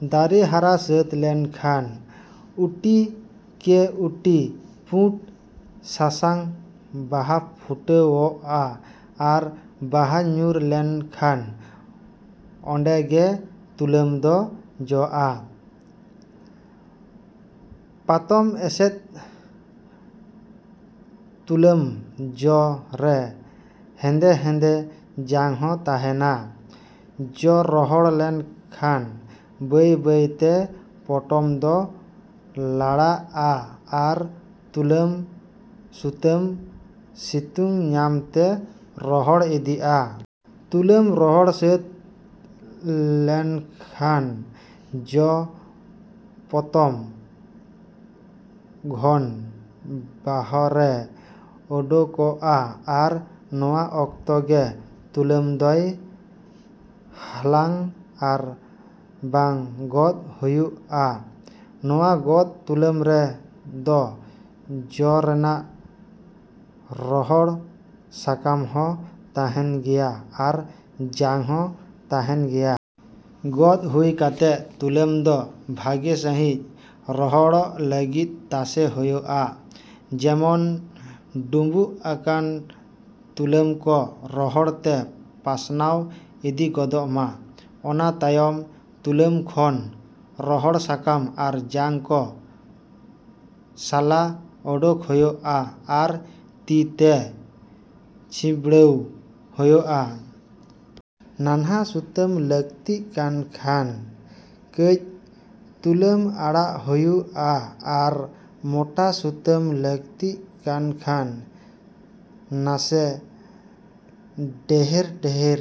ᱫᱟᱨᱮ ᱦᱟᱨᱟ ᱥᱟᱹᱛ ᱞᱮᱱ ᱠᱷᱟᱱ ᱩᱴᱤ ᱠᱮ ᱩᱴᱤ ᱯᱩᱸᱰ ᱥᱟᱥᱟᱝ ᱵᱟᱦᱟ ᱯᱷᱩᱴᱟᱹᱣᱜᱼᱟ ᱟᱨ ᱵᱟᱦᱟ ᱧᱩᱨ ᱞᱮᱱ ᱠᱷᱟᱱ ᱚᱱᱰᱮ ᱜᱮ ᱛᱩᱞᱟᱹᱢ ᱫᱚ ᱡᱚᱜᱼᱟ᱾ ᱯᱟᱛᱚᱢ ᱮᱥᱮᱫ ᱛᱩᱞᱟᱹᱢ ᱡᱚ ᱨᱮ ᱦᱮᱱᱫᱮ ᱦᱮᱱᱫᱮ ᱡᱟᱝ ᱦᱚ ᱛᱟᱦᱮᱱᱟ᱾ ᱡᱚ ᱨᱚᱦᱚᱲ ᱞᱮᱱ ᱠᱷᱟᱱ ᱵᱟᱹᱭ ᱵᱟᱹᱭ ᱛᱮ ᱯᱚᱴᱚᱢ ᱫᱚ ᱨᱟᱲᱟᱜ ᱼᱟ ᱟᱨ ᱛᱩᱞᱟᱹᱢ ᱥᱩᱛᱟᱹᱢ ᱥᱤᱛᱩᱝ ᱧᱟᱢ ᱛᱮ ᱨᱚᱦᱚᱲ ᱤᱫᱤᱜᱼᱟ᱾ ᱛᱩᱞᱟᱹᱢ ᱨᱚᱦᱚᱲ ᱥᱟᱹᱛ ᱞᱮᱱ ᱠᱷᱟᱱ ᱡᱚ ᱯᱚᱛᱚᱢ ᱜᱷᱳᱱ ᱵᱟᱦᱨᱮ ᱚᱰᱚᱠᱚᱜᱼᱟ ᱟᱨ ᱱᱚᱣᱟ ᱚᱠᱛᱚ ᱜᱮ ᱛᱩᱞᱟᱹᱢ ᱫᱚᱭ ᱦᱟᱞᱟᱝ ᱟᱨ ᱵᱟᱝ ᱜᱚᱫ ᱦᱩᱭᱩᱜᱼᱟ᱾ ᱱᱚᱣᱟ ᱜᱚᱫ ᱛᱩᱞᱟᱹᱢ ᱨᱮ ᱫᱚ ᱡᱚ ᱨᱮᱱᱟᱜ ᱨᱚᱦᱚᱲ ᱥᱟᱠᱟᱢ ᱦᱚᱸ ᱛᱟᱦᱮᱱ ᱜᱮᱭᱟ ᱟᱨ ᱡᱟᱝ ᱦᱚᱸ ᱛᱟᱦᱮᱱ ᱜᱮᱭᱟ᱾ ᱜᱚᱫ ᱦᱩᱭ ᱠᱟᱛᱮ ᱛᱩᱞᱟᱹᱢ ᱫᱚ ᱵᱷᱟᱹᱜᱤ ᱥᱟᱦᱤᱸᱡ ᱨᱚᱦᱚᱲᱚᱜ ᱞᱟᱹᱜᱤᱫ ᱛᱟᱥᱮ ᱦᱩᱭᱩᱜᱼᱟ᱾ ᱡᱮᱢᱚᱱ ᱰᱩᱢᱵᱩᱜ ᱟᱠᱟᱱ ᱛᱩᱞᱟᱹᱢ ᱠᱚ ᱨᱚᱦᱚᱲ ᱛᱮ ᱯᱟᱥᱱᱟᱣ ᱤᱫᱤ ᱜᱚᱫᱚᱜ ᱢᱟ᱾ ᱚᱱᱟ ᱛᱟᱭᱟᱢ ᱛᱩᱞᱟᱹᱢ ᱠᱷᱚᱱ ᱨᱚᱦᱚᱲ ᱥᱟᱠᱟᱢ ᱟᱨ ᱡᱟᱝ ᱠᱚ ᱥᱟᱞᱟ ᱚᱰᱚᱠ ᱦᱩᱭᱩᱜᱼᱟ ᱟᱨ ᱛᱤ ᱛᱮ ᱪᱷᱤᱸᱵᱲᱟᱹᱣ ᱦᱩᱭᱩᱜᱼᱟ᱾ ᱱᱟᱱᱦᱟ ᱥᱩᱛᱟᱢ ᱞᱟᱹᱠᱛᱤᱜ ᱠᱟᱱ ᱠᱷᱟᱱ ᱠᱟᱹᱡ ᱛᱩᱞᱟᱹᱢ ᱟᱲᱟᱜ ᱦᱩᱭᱩᱜᱼᱟ ᱟᱨ ᱢᱚᱴᱟ ᱥᱩᱛᱟᱹᱢ ᱞᱟᱹᱠᱛᱤᱜ ᱠᱟᱱ ᱠᱷᱟᱱ ᱱᱟᱥᱮ ᱰᱮᱦᱮᱨ ᱰᱮᱦᱮᱨ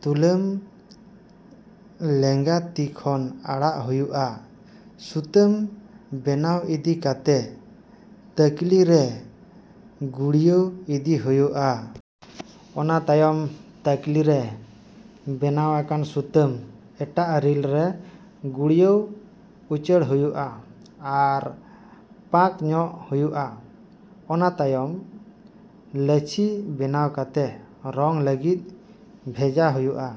ᱛᱩᱞᱟᱹᱢ ᱞᱮᱱᱜᱟ ᱛᱤ ᱠᱷᱚᱱ ᱟᱲᱟᱜ ᱦᱩᱭᱩᱜᱼᱟ᱾ ᱥᱩᱛᱟᱹᱢ ᱵᱮᱱᱟᱣ ᱤᱫᱤ ᱠᱟᱛᱮ ᱛᱟᱹᱠᱞᱤ ᱨᱮ ᱜᱩᱲᱤᱭᱟᱹᱣ ᱤᱫᱤ ᱦᱩᱭᱩᱜᱼᱟ᱾ ᱚᱱᱟ ᱛᱟᱭᱚᱢ ᱛᱟᱠᱞᱤ ᱨᱮ ᱵᱮᱱᱟᱣ ᱟᱠᱟᱱ ᱥᱩᱛᱟᱹᱢ ᱮᱴᱟᱜ ᱨᱤᱞ ᱨᱮ ᱜᱩᱲᱤᱭᱟᱹᱣ ᱩᱪᱟᱹᱲ ᱦᱩᱭᱩᱜᱼᱟ ᱟᱨ ᱯᱟᱸᱠ ᱧᱚᱜ ᱦᱩᱭᱩᱜᱼᱟ᱾ ᱚᱱᱟ ᱛᱟᱭᱟᱢ ᱞᱟᱹᱪᱷᱤ ᱵᱮᱱᱟᱣ ᱠᱟᱛᱮ ᱨᱚᱝ ᱞᱟᱹᱜᱤᱫ ᱵᱷᱮᱡᱟ ᱦᱩᱭᱩᱜᱼᱟ᱾।